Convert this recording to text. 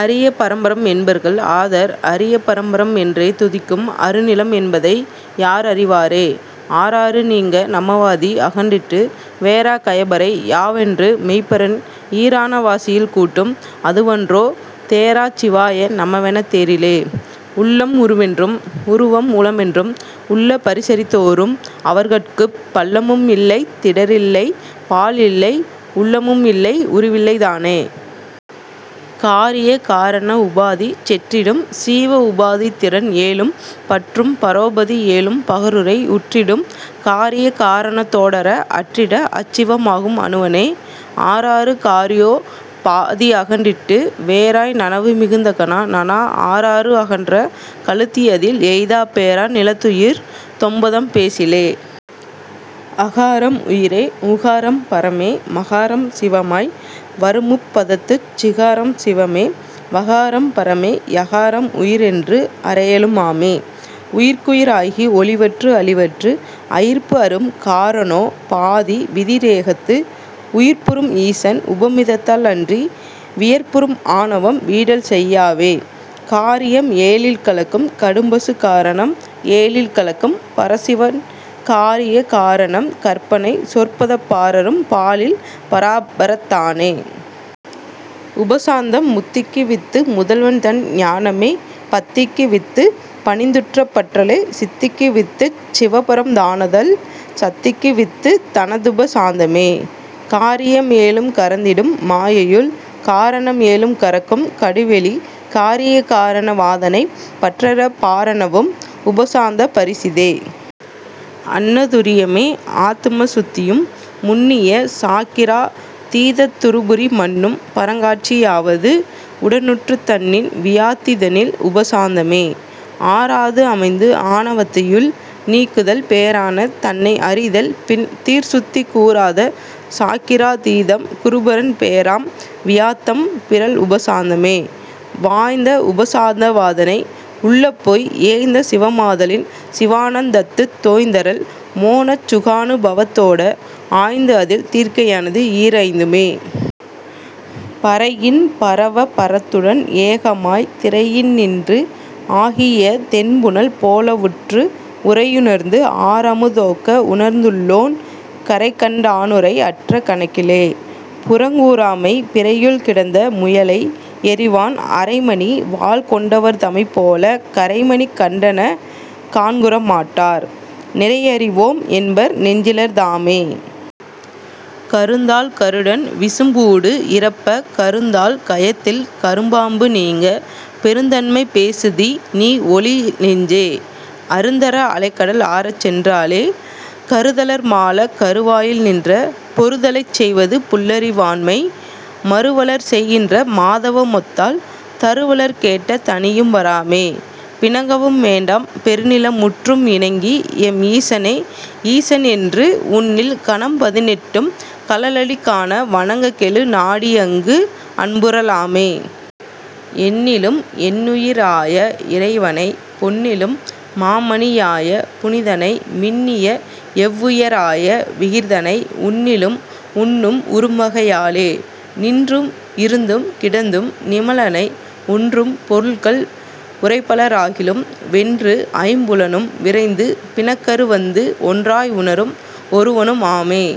அரிய பரம்பரம் என்பர்கள் ஆதர் அரிய பரம்பரம் என்றே துதிக்கும் அருநிலம் என்பதை யார்அறி வாரே. ஆறாறு நீங்க நமவாதி அகன்றிட்டு வேறா கயபரை யாவென்று மெய்ப்பரன் ஈறான வாசியில் கூட்டும் அதுவன்றோ தேறாச் சிவாய நமவெனத் தேறிலே. உள்ளம் உருவென்றும் உருவம் உளமென்றும் உள்ள பரிசறித் தோரும் அவர்கட்குப் பள்ளமும் இல்லைத் திடர்இல்லை பாழ்இல்லை உள்ளமும் இல்லை உருவில்லை தானே.. காரிய காரண உபாதி செற்றிடும் சீவ உபாதித் திறன்ஏழும் பற்றும் பரோபதி ஏழும் பகருரை உற்றிடும் காரிய காரணத் தோடற அற்றிட அச்சிவ மாகும் அணுவனே. ஆறாறு காரியோ பாதி அகன்றிட்டு வேறாய் நனவு மிகுந்த கனாநனா ஆறாறு அகன்ற கழுத்தி அதில் எய்தாப் பேறா நிலத்துயிர் தொம்பதம் பேசிலே. அகாரம் உயிரே உகாரம் பரமே மகாரம் சிவமாய் வருமுப் பதத்துச் சிகாரம் சிவமே வகாரம் பரமே யகாரம் உயிரென்று அறையலும் ஆமே. உயிர்க்குயி ராகி ஒழிவற்று அழிவற்று அயிர்ப்புஅறும் காரணோ பாதி விதிரேகத்து உயிர்ப்புறும் ஈசன் உபமிதத் தால்அன்றி வியர்ப்புறும் ஆணவம் வீடல்செய் யாவே. காரியம் ஏழில் கலக்கும் கடும்பசு காரணம் ஏழில் கலக்கும் பரசிவன் காரிய காரணம் கற்பனை சொற்பதப் பாரறும் பாழில் பராபரத் தானே.. உபசாந்தம் முத்திக்கு வித்து முதல்வன்தன் ஞானமே பத்திக்கு வித்துப் பணிந்துற்றப் பற்றலே சித்திக்கு வித்துச் சிவபரம் தானாதல் சத்திக்கு வித்துத் தனதுப சாந்தமே. காரியம் ஏழும் கரந்திடும் மாயையுள் காரணம் ஏழும் கரக்கும் கடுவெளி காரிய காரண வாதனைப் பற்றறப் பாரண வும் உப சாந்தப் பரிசிதே. அன்ன துரியமே ஆத்தும சுத்தியும் முன்னிய சாக்கிரா தீதத் துறுபுரி மன்னும் பரங்காட்சி யாவது உடனுற்றுத் தன்னின் வியாத்தி தனில்உப சாந்தமே. ஆறாதுஅமைந்துஆண வத்தையுள் நீக்குதல் பேறான தன்னை அறிதல் பின் தீர்சுத்தி கூறாத சாக்கிரா தீதம் குருபரன் பேறாம் வியாத்தம் பிறழ்உப சாந்தமே. வாய்ந்த உபசாந்த வாதனை உள்ளப் போய் ஏய்ந்த சிவமாத லின்சிவா னந்தத்துத் தோய்ந்தறல் மோனச் சுகானுபவத் தோடே ஆய்ந்துஅதில் தீர்க்கை யானதுஈர் ஐந்துமே. பரையின் பரவ பரத்துடன் ஏகமாய்த் திரையின்நின்று ஆகிய தெண்புனல் போலவுற்று உரையுணர்ந்து ஆரமுது ஒக்க உணர்ந்துளோன் கரைகண் டானுரை அற்ற கணக்கிலே.. புறங்கூறாமை பிறையுள் கிடந்த முயலை எறிவான் அறைமணி வாள்கொண் டவர்தமைப் போலக் கறைமணி கண்டனக் காண்குற மாட்டார் நிறையறி வோம்என்பர் நெஞ்சிலர் தாமே. கருந்தாள் கருடன் விசும்பூடு இறப்பக் கருந்தாள் கயத்தில் கரும்பாம்பு நீங்க பெருந்தன்மை பேசுதி நீஒழி நெஞ்சே அருந்தர அலைகடல் ஆறசென் றாலே. கருதலர் மாளக் கருவாயில் நின்ற பொருதலைச் செய்வது புல்லறி வாண்மை மருவலர் செய்கின்ற மாதவம் ஒத்தால் தருவலர் கேட்ட தனியும்ப ராமே. பிணங்கவும் வேண்டாம் பெருநில முற்றும் இணங்கிஎம் ஈசனே ஈசன்என்று உன்னில் கணம்பதி னெட்டும் கழலடி காண வணங்ககெழு நாடி அங்கு அன்புற லாமே. என்னிலும் என்னுயி ராய இறைவனைப் பொன்னிலும் மாமணி யாய புனிதனை மின்னிய எவ்வுய ராய விகிர் தனை உன்னிலும் உன்னும் உறும்வகை யாலே. நின்றும் இருந்தும் கிடந்தும் நிமலனை ஒன்றும் பொருள்கள் உரைப்பல ராகிலும் வென்றுஐம் புலனும் விரைந்து பிணக்கறுவந்து ஒன்றாய் உணரும் ஒருவனும் ஆமே.